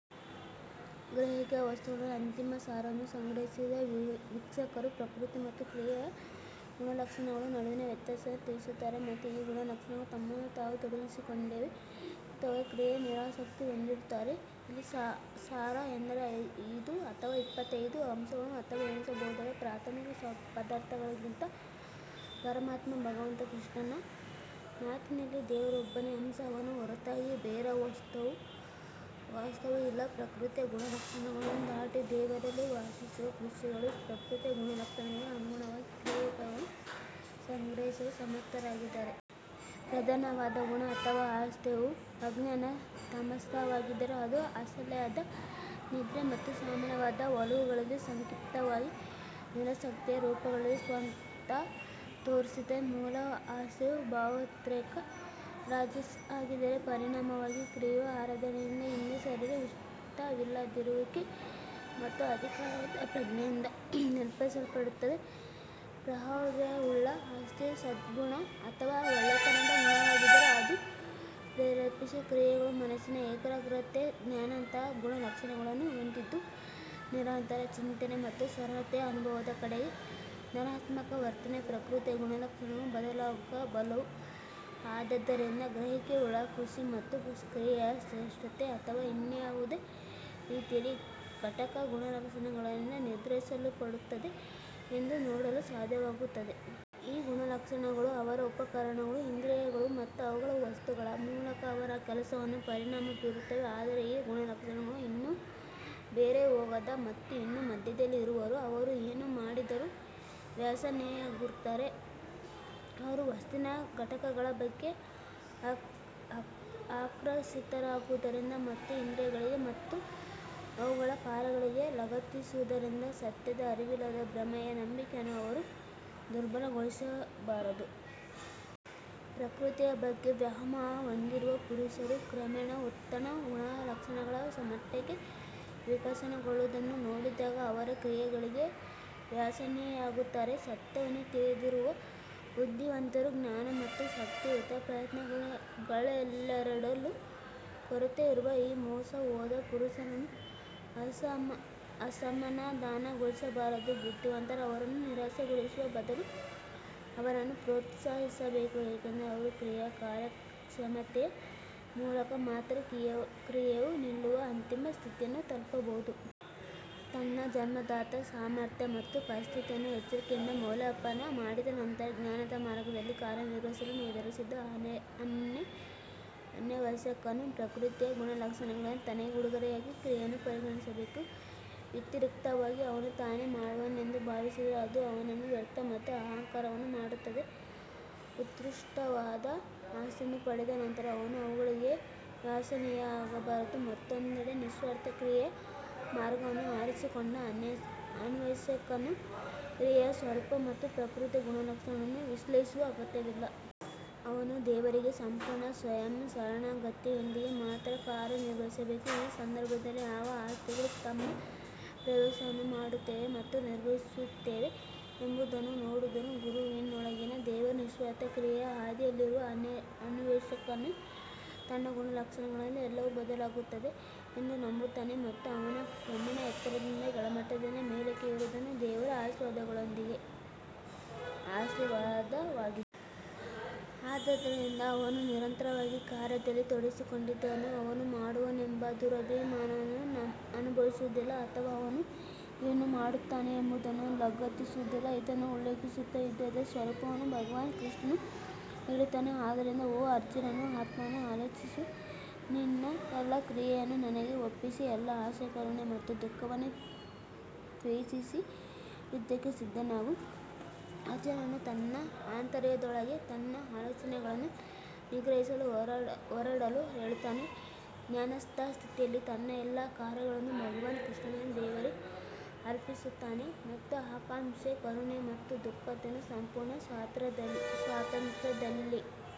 ಗ್ರಹಿಕೆಯ ವಸ್ತುಗಳು ಅಂತಿಮ ಸಾರವನ್ನು ಗ್ರಹಿಸಿದ ವೀಕ್ಷಕರು ಪ್ರಕೃತಿ ಮತ್ತು ಕ್ರಿಯೆಯ ಗುಣಲಕ್ಷಣಗಳ ನಡುವಿನ ವ್ಯತ್ಯಾಸವನ್ನು ತಿಳಿದಿರುತ್ತಾರೆ ಮತ್ತು ಈ ಗುಣಲಕ್ಷಣಗಳು ತಮ್ಮನ್ನು ತಾವು ತೊಡಗಿಸಿಕೊಂಡಿವೆ ಮತ್ತು ಅವರ ಕ್ರಿಯೆಯಲ್ಲಿ ನಿರಾಸಕ್ತಿ ಹೊಂದಿರುತ್ತಾರೆ. ಇಲ್ಲಿ ಸಾರ ಎಂದರೆ ಐದು ಅಥವಾ ಇಪ್ಪತ್ತೈದು ಅಂಶಗಳು ಅಥವಾ ಎಣಿಸಬಹುದಾದ ಪ್ರಾಥಮಿಕ ಪದಾರ್ಥಗಳಿಗಿಂತ ಪರಮಾತ್ಮ ಭಗವಂತ ಕೃಷ್ಣನ ಮಾತಿನಲ್ಲಿ ದೇವರು ಒಬ್ಬನೇ ಅಂಶ ಅವನ ಹೊರತಾಗಿ ಬೇರಾವ ವಾಸ್ತವವೂ ಇಲ್ಲ ಪ್ರಕೃತಿಯ ಗುಣಲಕ್ಷಣಗಳನ್ನು ದಾಟಿ, ದೇವರಲ್ಲಿ ವಾಸಿಸುವ ಋಷಿಗಳು ಪ್ರಕೃತಿಯ ಗುಣಲಕ್ಷಣಗಳಿಗೆ ಅನುಗುಣವಾಗಿ ಕ್ರಿಯೆಯ ವಿಭಾಗಗಳನ್ನು ಗ್ರಹಿಸಲು ಸಮರ್ಥರಾಗಿದ್ದಾರೆ. ಪ್ರಧಾನವಾದ ಗುಣ ಅಥವಾ ಆಸ್ತಿಯು ಅಜ್ಞಾನ ತಾಮಸವಾಗಿದ್ದರೆ ಅದು ಆಲಸ್ಯದ ನಿದ್ರೆ ಮತ್ತು ಸಾಮಾನ್ಯವಾದ ಒಲವುಗಳಲ್ಲಿ ಸಂಕ್ಷಿಪ್ತವಾಗಿ ನಿರಾಸಕ್ತಿಯ ರೂಪಗಳಲ್ಲಿ ಸ್ವತಃ ತೋರಿಸುತ್ತದೆ. ಮೂಲ ಆಸ್ತಿಯು ಭಾವೋದ್ರೇಕ ರಾಜಸ್ ಆಗಿದ್ದರೆ, ಪರಿಣಾಮವಾಗಿ ಕ್ರಿಯೆಯು ಆರಾಧನೆಯಿಂದ ಹಿಂದೆ ಸರಿಯಲು ಇಷ್ಟವಿಲ್ಲದಿರುವಿಕೆ ಮತ್ತು ಅಧಿಕಾರದ ಪ್ರಜ್ಞೆಯಿಂದ ನಿರೂಪಿಸಲ್ಪಟ್ಟಿದೆ. ಪ್ರಾಬಲ್ಯವುಳ್ಳ ಆಸ್ತಿಯು ಸದ್ಗುಣ ಅಥವಾ ಒಳ್ಳೆಯತನದ ಗುಣವಾಗಿದ್ದರೆ ಅದು ಪ್ರೇರೇಪಿಸುವ ಕ್ರಿಯೆಗಳು ಮನಸ್ಸಿನ ಏಕಾಗ್ರತೆ ಧ್ಯಾನದಂತಹ ಗುಣಲಕ್ಷಣಗಳನ್ನು ಹೊಂದಿದ್ದು ನಿರಂತರ ಚಿಂತನೆ ಮತ್ತು ಸರಳತೆಯ ಅನುಭವದ ಕಡೆಗೆ ಧನಾತ್ಮಕ ವರ್ತನೆ ಪ್ರಕೃತಿಯ ಗುಣಲಕ್ಷಣಗಳು ಬದಲಾಗಬಲ್ಲವು ಆದ್ದರಿಂದ ಗ್ರಹಿಕೆಯುಳ್ಳ ಋಷಿ ಮಾತ್ರ ಕ್ರಿಯೆಯ ಶ್ರೇಷ್ಠತೆ ಅಥವಾ ಇನ್ಯಾವುದೇ ರೀತಿಯಲ್ಲಿ ಘಟಕ ಗುಣಲಕ್ಷಣಗಳಿಂದ ನಿರ್ಧರಿಸಲ್ಪಡುತ್ತದೆ ಎಂದು ನೋಡಲು ಸಾಧ್ಯವಾಗುತ್ತದೆ. ಈ ಗುಣಲಕ್ಷಣಗಳು ಅವರ ಉಪಕರಣಗಳು ಇಂದ್ರಿಯಗಳು ಮತ್ತು ಅವುಗಳ ವಸ್ತುಗಳ ಮೂಲಕ ಅವರ ಕೆಲಸವನ್ನು ಪರಿಣಾಮ ಬೀರುತ್ತವೆ ಆದರೆ ಈ ಗುಣಲಕ್ಷಣಗಳನ್ನು ಇನ್ನೂ ಮೀರಿ ಹೋಗದ ಮತ್ತು ಇನ್ನೂ ಮಧ್ಯದಲ್ಲಿ ಇರುವವರು ಅವರು ಏನು ಮಾಡಿದರೂ ವ್ಯಸನಿಯಾಗುತ್ತಾರೆ ಅವರು ವಸ್ತುವಿನ ಘಟಕಗಳ ಬಗ್ಗೆ ಆಕರ್ಷಿತರಾಗಿರುವುದರಿಂದ ಮತ್ತು ಇಂದ್ರಿಯಗಳಿಗೆ ಮತ್ತು ಅವುಗಳ ಕಾರ್ಯಗಳಿಗೆ ಲಗತ್ತಿಸಿರುವುದರಿಂದ ಸತ್ಯದ ಅರಿವಿಲ್ಲದ ಭ್ರಮೆಯ ನಂಬಿಕೆಯನ್ನು ಅವರು ದುರ್ಬಲಗೊಳಿಸಬಾರದು. ಪ್ರಕೃತಿಯ ಬಗ್ಗೆ ವ್ಯಾಮೋಹ ಹೊಂದಿರುವ ಪುರುಷರು ಕ್ರಮೇಣ ಉನ್ನತ ಗುಣಲಕ್ಷಣಗಳ ಮಟ್ಟಕ್ಕೆ ವಿಕಸನಗೊಳ್ಳುವುದನ್ನು ನೋಡಿದಾಗ ಅವರ ಕ್ರಿಯೆಗಳಿಗೆ ವ್ಯಸನಿಯಾಗುತ್ತಾರೆ. ಸತ್ಯವನ್ನು ತಿಳಿದಿರುವ ಬುದ್ಧಿವಂತರು ಜ್ಞಾನ ಮತ್ತು ಶಕ್ತಿಯುತ ಪ್ರಯತ್ನಗಳೆರಡರಲ್ಲೂ ಕೊರತೆಯಿರುವ ಈ ಮೋಸಹೋದ ಪುರುಷರನ್ನು ಅಸಮಾಧಾನಗೊಳಿಸಬಾರದು. ಬುದ್ಧಿವಂತರು ಅವರನ್ನು ನಿರಾಶೆಗೊಳಿಸುವ ಬದಲು ಅವರನ್ನು ಪ್ರೋತ್ಸಾಹಿಸಬೇಕು ಏಕೆಂದರೆ ಅವರು ಕ್ರಿಯೆಯ ಕಾರ್ಯಕ್ಷಮತೆಯ ಮೂಲಕ ಮಾತ್ರ ಕ್ರಿಯೆಯು ನಿಲ್ಲುವ ಅಂತಿಮ ಸ್ಥಿತಿಯನ್ನು ತಲುಪಬಹುದು. ತನ್ನ ಜನ್ಮಜಾತ ಸಾಮರ್ಥ್ಯ ಮತ್ತು ಪರಿಸ್ಥಿತಿಯನ್ನು ಎಚ್ಚರಿಕೆಯಿಂದ ಮೌಲ್ಯಮಾಪನ ಮಾಡಿದ ನಂತರ ಜ್ಞಾನದ ಮಾರ್ಗದಲ್ಲಿ ಕಾರ್ಯನಿರ್ವಹಿಸಲು ನಿರ್ಧರಿಸಿದ ಅನ್ವೇಷಕನು ಪ್ರಕೃತಿಯ ಗುಣಲಕ್ಷಣಗಳಿಂದ ತನಗೆ ಉಡುಗೊರೆಯಾಗಿ ಕ್ರಿಯೆಯನ್ನು ಪರಿಗಣಿಸಬೇಕು. ವ್ಯತಿರಿಕ್ತವಾಗಿ ಅವನು ತಾನೇ ಮಾಡುವವನೆಂದು ಭಾವಿಸಿದರೆ ಅದು ಅವನನ್ನು ವ್ಯರ್ಥ ಮತ್ತು ಅಹಂಕಾರವನ್ನು ಮಾಡುತ್ತದೆ. ಉತ್ಕೃಷ್ಟವಾದ ಆಸ್ತಿಗಳನ್ನು ಪಡೆದ ನಂತರವೂ ಅವನು ಅವುಗಳಿಗೆ ವ್ಯಸನಿಯಾಗಬಾರದು ಮತ್ತೊಂದೆಡೆ ನಿಸ್ವಾರ್ಥ ಕ್ರಿಯೆಯ ಮಾರ್ಗವನ್ನು ಆರಿಸಿಕೊಂಡ ಅನ್ವೇಷಕನು ಕ್ರಿಯೆಯ ಸ್ವರೂಪ ಮತ್ತು ಪ್ರಕೃತಿಯ ಗುಣಲಕ್ಷಣಗಳನ್ನು ವಿಶ್ಲೇಷಿಸುವ ಅಗತ್ಯವಿಲ್ಲ. ಅವನು ದೇವರಿಗೆ ಸಂಪೂರ್ಣ ಸ್ವಯಂ ಶರಣಾಗತಿಯೊಂದಿಗೆ ಮಾತ್ರ ಕಾರ್ಯನಿರ್ವಹಿಸಬೇಕು ಈ ಸಂದರ್ಭದಲ್ಲಿ ಯಾವ ಆಸ್ತಿಗಳು ತಮ್ಮ ಪ್ರವೇಶವನ್ನು ಮಾಡುತ್ತಿವೆ ಮತ್ತು ನಿರ್ಗಮಿಸುತ್ತಿವೆ ಎಂಬುದನ್ನು ನೋಡುವುದು ಗುರುವಿನೊಳಗಿನ ದೇವರು ನಿಸ್ವಾರ್ಥ ಕ್ರಿಯೆಯ ಹಾದಿಯಲ್ಲಿರುವ ಅನ್ವೇಷಕನು ತನ್ನ ಗುಣಲಕ್ಷಣಗಳಲ್ಲಿ ಎಲ್ಲವೂ ಬದಲಾಗುತ್ತದೆ ಎಂದು ನಂಬುತ್ತಾನೆ ಮತ್ತು ಅವನ ಕ್ರಮೇಣ ಎತ್ತರದಿಂದ ಕೆಳಮಟ್ಟದಿಂದ ಮೇಲಕ್ಕೆ ಏರುವುದು ದೇವರ ಆಶೀರ್ವಾದವಾಗಿದೆ. ಆದ್ದರಿಂದ ಅವನು ನಿರಂತರವಾಗಿ ಕಾರ್ಯದಲ್ಲಿ ತೊಡಗಿಸಿಕೊಂಡಿದ್ದರೂ ಅವನು ಮಾಡುವವನೆಂಬ ದುರಭಿಮಾನವನ್ನು ಅನುಭವಿಸುವುದಿಲ್ಲ ಅಥವಾ ಅವನು ಏನು ಮಾಡುತ್ತಿದ್ದಾನೆ ಎಂಬುದಕ್ಕೆ ಲಗತ್ತಿಸುವುದಿಲ್ಲ. ಇದನ್ನು ಉಲ್ಲೇಖಿಸುತ್ತಾ ಯುದ್ಧದ ಸ್ವರೂಪವನ್ನು ಭಗವಾನ್ ಕೃಷ್ಣನು ಹೇಳುತ್ತಾನೆ ಆದುದರಿಂದ ಓ ಅರ್ಜುನನು ಆತ್ಮವನ್ನು ಆಲೋಚಿಸು ನಿನ್ನ ಎಲ್ಲಾ ಕ್ರಿಯೆಯನ್ನು ನನಗೆ ಒಪ್ಪಿಸಿ ಎಲ್ಲಾ ಆಸೆ ಕರುಣೆ ಮತ್ತು ದುಃಖವನ್ನು ತ್ಯಜಿಸಿ ಯುದ್ಧಕ್ಕೆ ಸಿದ್ಧನಾಗು ಅರ್ಜುನನು ತನ್ನ ಆಂತರ್ಯದೊಳಗೆ ತನ್ನ ಆಲೋಚನೆಗಳನ್ನು ನಿಗ್ರಹಿಸಲು ಹೋರಾಡಲು ಹೇಳುತ್ತಾನೆ ಧ್ಯಾನಸ್ಥ ಸ್ಥಿತಿಯಲ್ಲಿ ತನ್ನ ಎಲ್ಲಾ ಕಾರ್ಯಗಳನ್ನು ಭಗವಾನ್ ಕೃಷ್ಣನಲ್ಲಿ ದೇವರಿಗೆ ಅರ್ಪಿಸುತ್ತಾನೆ ಮತ್ತು ಆಕಾಂಕ್ಷೆ ಕರುಣೆ ಮತ್ತು ದುಃಖದಿಂದ ಸಂಪೂರ್ಣ ಸ್ವಾತಂತ್ರ್ಯದಲ್ಲಿ.